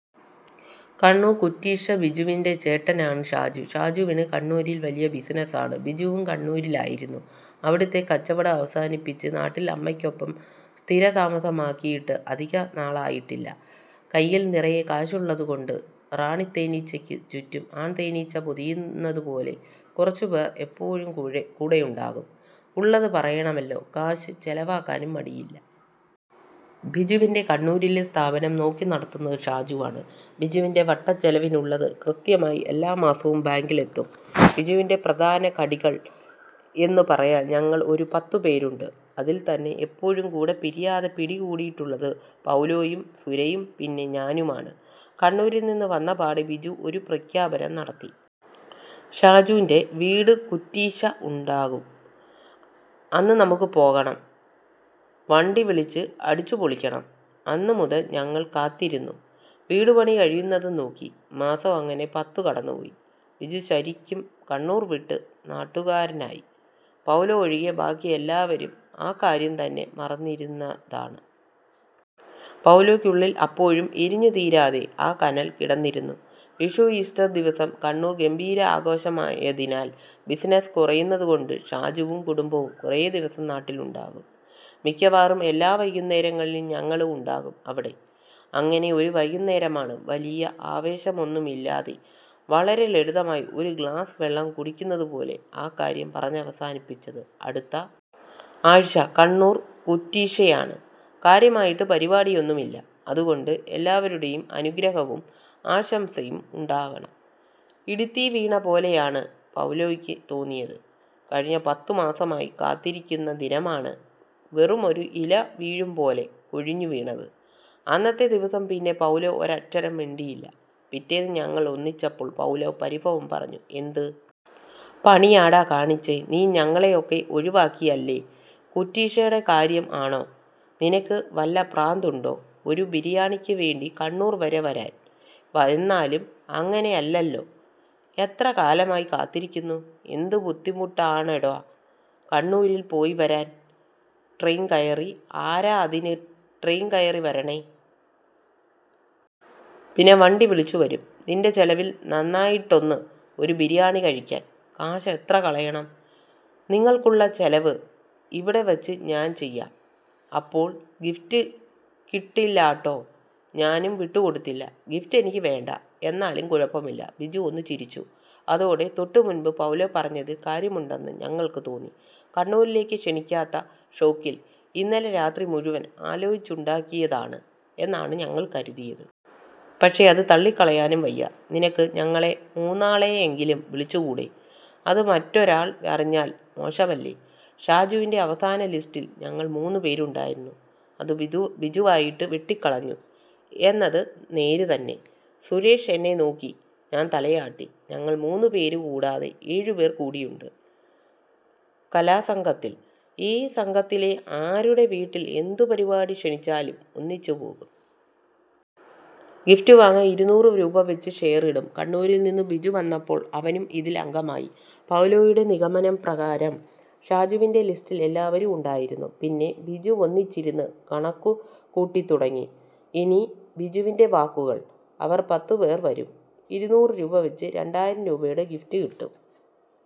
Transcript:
കണ്ണൂർ കുറ്റീശ്ശ ബിജുവിൻ്റെ ചേട്ടനാണ് ഷാജു. ഷാജുവിന് കണ്ണൂരിൽ വലിയ ബിസിനസാണ്. ബിജുവും കണ്ണൂരിലായിരുന്നു. അവിടത്തെ കച്ചവടം അവസാനിപ്പിച്ച് നാട്ടിൽ അമ്മയ്ക്കൊപ്പം സ്ഥിരതാമസമാക്കിയിട്ട് അധികനാളായിട്ടില്ല. കയ്യിൽ നിറയെ കാശുള്ളതുകൊണ്ട് റാണി തേനീച്ചയ്ക്ക് ചുറ്റും ആൺതേനീച്ച പൊതിയുന്നതുപോലെ കുറച്ചുപേർ എപ്പോഴും കൂടെയുണ്ടാകും. ഉള്ളത് പറയണമല്ലോ, കാശ് ചെലവാക്കാനും മടിയില്ല. ബിജുവിൻ്റെ കണ്ണൂരിലെ സ്ഥാപനം നോക്കി നടത്തുന്നത് ഷാജുവാണ്. ബിജുവിൻ്റെ വട്ടച്ചെലവിനുള്ളത് കൃത്യമായി എല്ലാ മാസവും ബാങ്കിൽ എത്തും. ബിജുവിൻ്റെ പ്രധാന ഘടികൾ എന്ന് പറയാൻ ഞങ്ങൾ ഒരു പത്തുപേരുണ്ട്. അതിൽ തന്നെ എപ്പോഴും കൂടെ പിരിയാതെ പിടികൂടിയിട്ടുള്ളത് പൗലോയും സുരയും പിന്നെ ഞാനുമാണ്. കണ്ണൂരിൽ നിന്ന് വന്നപാടെ ബിജു ഒരു പ്രഖ്യാപനം നടത്തി. ഷാജൂൻ്റെ വീട് കുറ്റീശ്ശ ഉണ്ടാവും. അന്ന് നമുക്ക് പോകണം. വണ്ടി വിളിച്ച് അടിച്ചുപൊളിക്കണം. അന്ന് മുതൽ ഞങ്ങൾ കാത്തിരുന്നു, വീട് പണി കഴിയുന്നതും നോക്കി. മാസം അങ്ങനെ പത്തു കടന്നുപോയി. ബിജു ശരിക്കും കണ്ണൂർ വിട്ട് നാട്ടുകാരനായി. പൗലോ ഒഴികെ ബാക്കി എല്ലാവരും ആ കാര്യം തന്നെ മറന്നിരുന്നതാണ്. പൗലോക്കുള്ളിൽ അപ്പോഴും എരിഞ്ഞുതീരാതെ ആ കനൽ കിടന്നിരുന്നു. വിഷു, ഈസ്റ്റർ ദിവസം കണ്ണൂർ ഗംഭീര ആഘോഷമായതിനാൽ ബിസിനസ് കുറയുന്നതുകൊണ്ട് ഷാജുവും കുടുംബവും കുറേദിവസം നാട്ടിലുണ്ടാകും. മിക്കവാറും എല്ലാ വൈകുന്നേരങ്ങളിലും ഞങ്ങളും ഉണ്ടാകും അവിടെ. അങ്ങനെ ഒരു വൈകുന്നേരമാണ് വലിയ ആവേശമൊന്നുമില്ലാതെ, വളരെ ലളിതമായി ഒരു ഗ്ലാസ് വെള്ളം കുടിക്കുന്നതുപോലെ ആ കാര്യം പറഞ്ഞവസാനിപ്പിച്ചത്. അടുത്ത ആഴ്ച കണ്ണൂർ കുറ്റീശ്ശയാണ്. കാര്യമായിട്ട് പരിപാടിയൊന്നുമില്ല. അതുകൊണ്ട് എല്ലാവരുടെയും അനുഗ്രഹവും ആശംസയും ഉണ്ടാവണം. ഇടിത്തീ വീണ പോലെയാണ് പൗലോയ്ക്ക് തോന്നിയത്. കഴിഞ്ഞ പത്തു മാസമായി കാത്തിരിക്കുന്ന ദിനമാണ് വെറുമൊരു ഇല വീഴുംപോലെ കൊഴിഞ്ഞുവീണത്. അന്നത്തെ ദിവസം പിന്നെ പൗലോ ഒരക്ഷരം മിണ്ടിയില്ല. പിറ്റേന്ന് ഞങ്ങൾ ഒന്നിച്ചപ്പോൾ പൗലോ പരിഭവം പറഞ്ഞു. എന്ത് പണിയാടാ കാണിച്ചേ. നീ ഞങ്ങളെയൊക്കെ ഒഴിവാക്കിയല്ലേ. കുറ്റീശ്ശടെ കാര്യം ആണോ. നിനക്ക് വല്ല പ്രാന്തുണ്ടോ. ഒരു ബിരിയാണിക്ക് വേണ്ടി കണ്ണൂർ വരെ വരാൻ എന്നാലും അങ്ങനെ അല്ലല്ലോ. എത്ര കാലമായി കാത്തിരിക്കുന്നു. എന്ത് ബുദ്ധിമുട്ടാണെടാ കണ്ണൂരിൽ പോയിവരാൻ. ട്രെയിൻ കയറി ആരാ അതിന് ട്രെയിൻ കയറി വരണേ. പിന്നെ വണ്ടി വിളിച്ചുവരും. നിൻ്റെ ചെലവിൽ നന്നായിട്ടൊന്ന് ഒരു ബിരിയാണി കഴിക്കാൻ കാശ് എത്ര കളയണം. നിങ്ങൾക്കുള്ള ചെലവ് ഇവിടെവെച്ച് ഞാൻ ചെയ്യാം. അപ്പോൾ ഗിഫ്റ്റ് കിട്ടില്ലാട്ടോ. ഞാനും വിട്ടുകൊടുത്തില്ല. ഗിഫ്റ്റ് എനിക്ക് വേണ്ട. എന്നാലും കുഴപ്പമില്ല. ബിജു ഒന്ന് ചിരിച്ചു. അതോടെ തൊട്ടുമുൻപ് പൗലോ പറഞ്ഞതിൽ കാര്യമുണ്ടെന്ന് ഞങ്ങൾക്ക് തോന്നി. കണ്ണൂരിലേക്ക് ക്ഷണിക്കാത്ത ഷോക്കിൽ ഇന്നലെ രാത്രി മുഴുവൻ ആലോചിച്ചുണ്ടാക്കിയതാണ് എന്നാണ് ഞങ്ങൾ കരുതിയത്. പക്ഷേ അത് തള്ളിക്കളയാനും വയ്യ. നിനക്ക് ഞങ്ങളെ മൂന്നാളെയെങ്കിലും വിളിച്ചുകൂടെ. അത് മറ്റൊരാൾ അറിഞ്ഞാൽ മോശമല്ലേ. ഷാജുവിൻ്റെ അവസാന ലിസ്റ്റിൽ ഞങ്ങൾ മൂന്നു പേരുണ്ടായിരുന്നു. അത് ബിജുവായിട്ട് വെട്ടിക്കളഞ്ഞു എന്നത് നേര് തന്നെ. സുരേഷ് എന്നെ നോക്കി. ഞാൻ തലയാട്ടി. ഞങ്ങൾ മൂന്നു പേരുകൂടാതെ ഏഴുപേർ കൂടിയുണ്ട് കലാസംഘത്തിൽ. ഈ സംഘത്തിലെ ആരുടെ വീട്ടിൽ എന്ത് പരിപാടി ക്ഷണിച്ചാലും ഒന്നിച്ചു പോകും. ഗിഫ്റ്റ് വാങ്ങാൻ ഇരുന്നൂറ് രൂപവെച്ച് ഷെയർ ഇടും. കണ്ണൂരിൽനിന്ന് ബിജു വന്നപ്പോൾ അവനും ഇതിൽ അംഗമായി. പൗലോയുടെ നിഗമനം പ്രകാരം ഷാജുവിൻ്റെ ലിസ്റ്റിൽ എല്ലാവരും ഉണ്ടായിരുന്നു. പിന്നെ ബിജുവൊന്നിച്ചിരുന്ന് കണക്കുകൂട്ടിത്തുടങ്ങി. ഇനി ബിജുവിൻ്റെ വാക്കുകൾ. അവർ പത്തുപേർ വരും. ഇരുന്നൂറ് രൂപവെച്ച് രണ്ടായിരം രൂപയുടെ ഗിഫ്റ്റ് കിട്ടും.